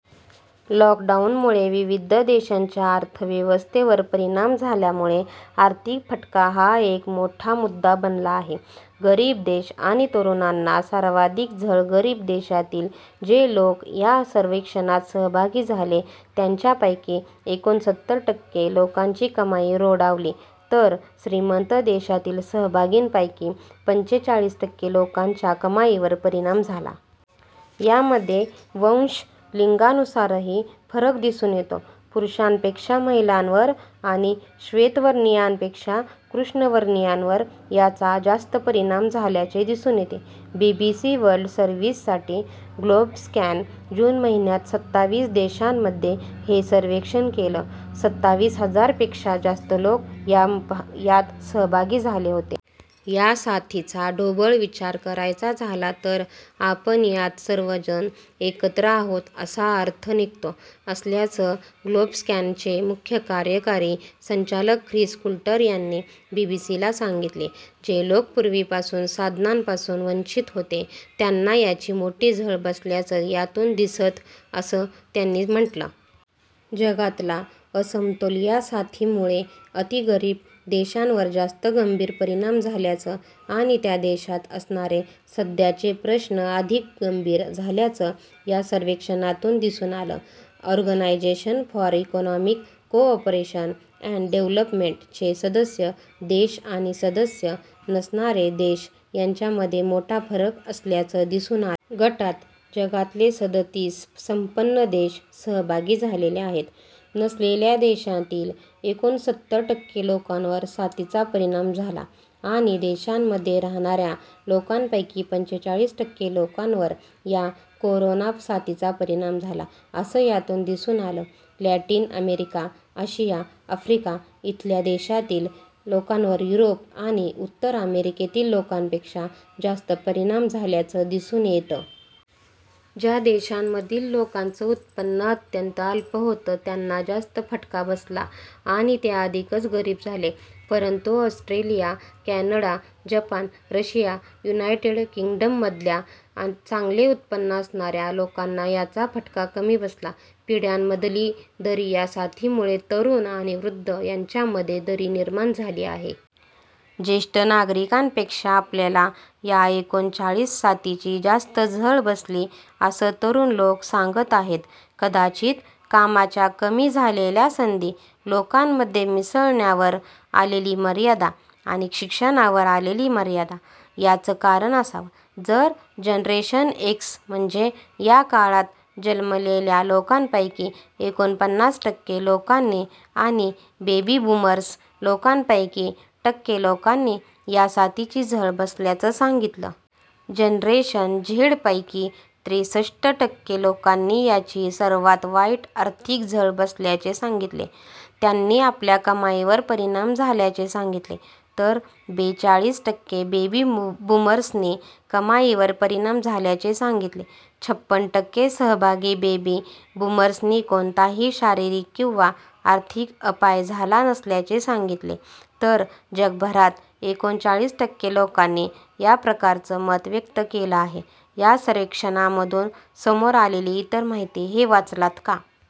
लॉकडाऊनमुळे विविध देशांच्या अर्थव्यवस्थेवर परिणाम झाल्यामुळे आर्थिक फटका हा एक मोठा मुद्दा बनला आहे. गरीब देश आणि तरुणांना सर्वाधिक झळ गरीब देशातील जे लोक या सर्वेक्षणात सहभागी झाले त्यांच्यापैकी एकोणसत्तर टक्के लोकांची कमाई रोडावली, तर श्रीमंत देशातील सहभागींपैकी पंचेचाळीस टक्के लोकांच्या कमाईवर परिणाम झाला. यामध्ये वंश, लिंगानुसारही फरक दिसून येतो. पुरुषांपेक्षा महिलांवर आणि श्वेतवर्णियांपेक्षा कृष्णवर्णियांवर याचा जास्त परिणाम झाल्याचे दिसून येते. बीबीसी वर्ल्ड सर्व्हिससाठी ग्लोबस्कॅनने जून महिन्यात सताविस देशांमध्ये हे सर्वेक्षण केलं. सताविस हजार पेक्षा जास्त लोक यात सहभागी झाले होते. या साथीचा ढोबळ विचार करायचा झाला तर आपण यात सर्वजण एकत्र आहोत असा अर्थ निघतो असल्याचं ग्लोबस्कॅनचे मुख्य कार्यकारी संचालक ख्रिस कुल्टर यांनी बीबीसीला सांगितले. जे लोक पूर्वीपासून साधनांपासून वंचित होते त्यांना याची मोठी झळ बसल्याचं यातून दिसतं, असं त्यांनी म्हटलं. जगातला असमतोल या साथीमुळे अतिगरीब देशांवर जास्त गंभीर परिणाम झाल्याचं आणि त्या देशांत असणारे सध्याचे प्रश्न अधिक गंभीर झाल्याचं या सर्वेक्षणातून दिसून आलं. Organisation for economic cooperation and development चे सदस्य देश आणि सदस्य नसणारे देश यांच्यामध्ये मोठा फरक असल्याचं दिसून आलं. गटात जगातले सदतीस संपन्न देश सहभागी झालेले आहेत. नसलेल्या देशांतील एकोणसत्तर टक्के लोकांवर साथीचा परिणाम झाला आणि देशांमध्ये राहाणाऱ्या लोकांपैकी पंचेचाळीस टक्के लोकांवर या कोरोना साथीचा परिणाम झाला असं यातून दिसून आलं. लॅटिन अमेरिका, आशिया, अफ्रिका इथल्या देशांतील लोकांवर युरोप आणि उत्तर अमेरिकेतील लोकांपेक्षा जास्त परिणाम झाल्याचं दिसून येतं. ज्या देशांमधील लोकांचं उत्पन्न अत्यंत अल्प होतं त्यांना जास्त फटका बसला आणि ते अधिकच गरीब झाले. परंतु Australia, Canada, Japan, Russia, United किंग्डममधल्या चांगले उत्पन्न असणाऱ्या लोकांना याचा फटका कमी बसला. पिढ्यांमधली दरी या साथीमुळे तरुण आणि वृद्ध यांच्यामध्ये दरी निर्माण झाली आहे. ज्येष्ठ नागरिकांपेक्षा आपल्याला याएकोणचाळीस साथीची जास्त झळ बसली, असं तरुण लोक सांगत आहेत. कदाचित कामाच्या कमी झालेल्या संधी, लोकांमध्ये मिसळण्यावर आलेली मर्यादा आणि शिक्षणावर आलेली मर्यादा याचं कारण असावं. तर जनरेशन एक्स म्हणजे या काळात जन्मलेल्या लोकांपैकी एकोणपन्नास टक्के लोकांनी आणि बेबी बूमर्स लोकांपैकी टक्के लोकांनी या साथीची झळ बसल्याचं सांगितलं. जनरेशन झेडपैकी त्रेसष्ट टक्के लोकांनी याची सर्वात वाईट आर्थिक झळ बसल्याचे सांगितले. त्यांनी आपल्या कमाईवर परिणाम झाल्याचे सांगितले. तर बेचाळीस टक्के बेबी बूमर्सनी कमाईवर परिणाम झाल्याचे सांगितले. छपण टक्के सहभागी बेबी बूमर्सनी कोणताही शारीरिक किंवा आर्थिक अपाय झाला नसल्याचे सांगितले, तर जगभरात एकोणचाळीस टक्के लोकांनी या प्रकारचं मत व्यक्त केलं आहे. या सर्वेक्षणामधून समोर आलेली इतर माहिती हे वाचलंत का?